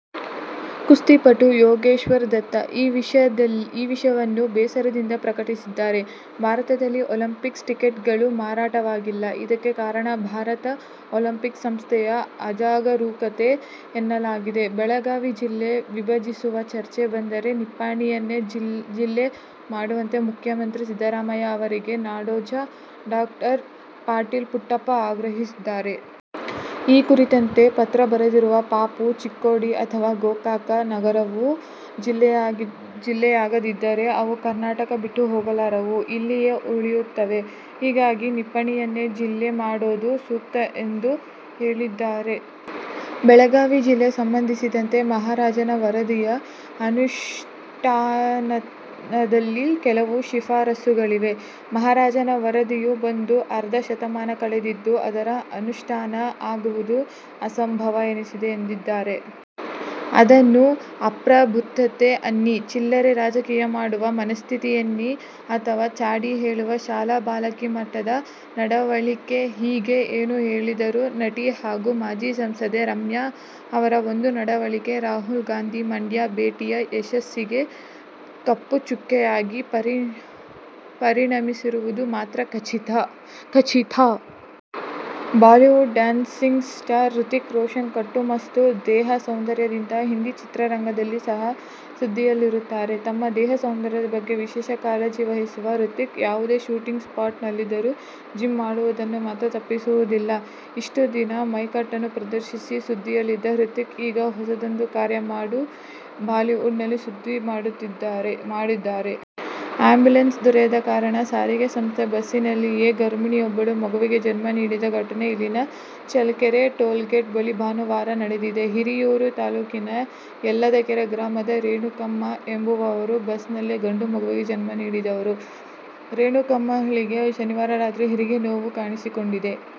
ಕುಸ್ತಿಪಟು ಯೋಗೇಶ್ವರ್ ದತ್ ಈ ವಿಷಯವನ್ನು ಬೇಸರದಿಂದ ಪ್ರಕಟಿಸಿದ್ದಾರೆ. ಭಾರತದಲ್ಲಿ ಒಲಿಂಪಿಕ್ಸ್ ಟಿಕೆಟ್ಗಳು ಮಾರಾಟವಾಗಿಲ್ಲ. ಇದಕ್ಕೆ ಕಾರಣ ಭಾರತ ಒಲಿಂಪಿಕ್ಸ್ ಸಂಸ್ಥೆಯ ಅಜಾಗರೂಕತೆ ಎನ್ನಲಾಗಿದೆ. ಬೆಳಗಾವಿ ಜಿಲ್ಲೆ ವಿಭಜಿಸುವ ಚರ್ಚೆ ಬಂದರೆ ನಿಪ್ಪಾಣಿಯನ್ನೇ ಜಿಲ್ಲೆ ಮಾಡುವಂತೆ ಮುಖ್ಯಮಂತ್ರಿ ಸಿದ್ದರಾಮಯ್ಯ ಅವರಿಗೆ ನಾಡೋಜ ಡಾ. ಪಾಟೀಲ ಪುಟ್ಟಪ್ಪ ಆಗ್ರಹಿಸಿದ್ದಾರೆ. ಈ ಕುರಿತಂತೆ ಪತ್ರ ಬರೆದಿರುವ ಪಾಪು, ಚಿಕ್ಕೋಡಿ ಅಥವಾ ಗೋಕಾಕ ನಗರವು ಜಿಲ್ಲೆಯಾಗದಿದ್ದರೆ ಅವು ಕರ್ನಾಟಕ ಬಿಟ್ಟು ಹೋಗಲಾರವು, ಇಲ್ಲಿಯೇ ಉಳಿಯುತ್ತವೆ. ಹೀಗಾಗಿ ನಿಪ್ಪಾಣಿಯನ್ನೇ ಜಿಲ್ಲೆ ಮಾಡೋದು ಸೂಕ್ತ ಎಂದು ಹೇಳಿದ್ದಾರೆ. ಬೆಳಗಾವಿ ಜಿಲ್ಲೆ ಸಂಬಂಧಿಸಿದಂತೆ ಮಹಾಜನ ವರದಿಯ ಅನುಷ್ಠಾನದಲ್ಲಿ ಕೆಲವು ಶಿಫಾರಸುಗಳಿವೆ. ಮಹಾಜನ ವರದಿಯು ಬಂದು ಅರ್ಧ ಶತಮಾನ ಕಳೆದಿದ್ದು, ಅದರ ಅನುಷ್ಠಾನ ಆಗುವುದು ಅಸಂಭವ ಎನಿಸಿದೆ ಎಂದಿದ್ದಾರೆ. ಅದನ್ನು ಅಪ್ರಬುದ್ದತೆ ಅನ್ನಿ, ಚಿಲ್ಲರೆ ರಾಜಕೀಯ ಮಾಡುವ ಮನಸ್ಥಿತಿಯೆನ್ನಿ ಅಥವಾ ಚಾಡಿ ಹೇಳುವ ಶಾಲಾ ಬಾಲಕಿ ಮಟ್ಟದ ನಡವಳಿಕೆಹೀಗೆ ಏನು ಹೇಳಿದರೂ ನಟಿ ಹಾಗೂ ಮಾಜಿ ಸಂಸದೆ ರಮ್ಯಾ ಅವರ ಒಂದು ನಡವಳಿಕೆ ರಾಹುಲ್ ಗಾಂಧಿ ಮಂಡ್ಯ ಭೇಟಿಯ ಯಶಸ್ಸಿಗೆ ಕಪ್ಪು ಚುಕ್ಕೆಯಾಗಿ ಪರಿಣಮಿಸಿರುವುದು ಮಾತ್ರ ಖಚಿತ. Bollywood dancing star Hrithik Roshan ಕಟ್ಟುಮಸ್ತು ದೇಹ ಸೌಂದರ್ಯದಿಂದ ಹಿಂದಿ ಚಿತ್ರರಂಗದಲ್ಲಿ ಸದಾ ಸುದ್ದಿಯಲ್ಲಿರುತ್ತಾರೆ. ತಮ್ಮ ದೇಹ ಸೌಂದರ್ಯದ ಬಗ್ಗೆ ವಿಶೇಷ ಕಾಳಜಿವಹಿಸುವ ಹೃತಿಕ್, ಯಾವುದೇ ಶೂಟಿಂಗ್ ಸ್ಟಾಟ್ ನಲ್ಲಿದ್ದರೂ ಜಿಮ್ ಮಾಡುವುದನ್ನು ಮಾತ್ರ ತಪ್ಪಿಸುವುದಿಲ್ಲ. ಇಷ್ಟು ದಿನ ಮೈಕಟ್ಟನ್ನು ಪ್ರದರ್ಶಿಸಿ ಸುದ್ದಿಯಲ್ಲಿದ್ದ ಹೃತಿಕ್ ಈಗ ಹೊಸದೊಂದು ಕಾರ್ಯ ಮಾಡಿ ಬಾಲಿವುಡ್ ನಲ್ಲಿ ಸುದ್ದು ಮಾಡಿದ್ದಾರೆ. ಆ್ಯಂಬುಲೆನ್ಸ್ ದೊರೆಯದ ಕಾರಣ ಸಾರಿಗೆ ಸಂಸ್ಥೆ ಬಸ್ನಲ್ಲಿಯೇ ಗರ್ಭಿಣಿಯೊಬ್ಬಳು ಮಗುವಿಗೆ ಜನ್ಮ ನೀಡಿದ ಘಟನೆ ಇಲ್ಲಿನ ಚಳ್ಳಕೆರೆ ಟೋಲ್ಗೇಟ್ ಬಳಿ ಭಾನುವಾರ ನಡೆದಿದೆ. ಹಿರಿಯೂರು ತಾಲೂಕಿನ ಯಲ್ಲದಕೆರೆ ಗ್ರಾಮದ ರೇಣುಕಮ್ಮ ಎಂಬುವವರು ಬಸ್ನಲ್ಲೇ ಗಂಡು ಮಗುವಿಗೆ ಜನ್ಮ ನೀಡಿದವರು. ರೇಣುಕಮ್ಮಳಿಗೆ ಶನಿವಾರ ರಾತ್ರಿ ಹೆರಿಗೆ ನೋವು ಕಾಣಿಸಿಕೊಂಡಿದೆ.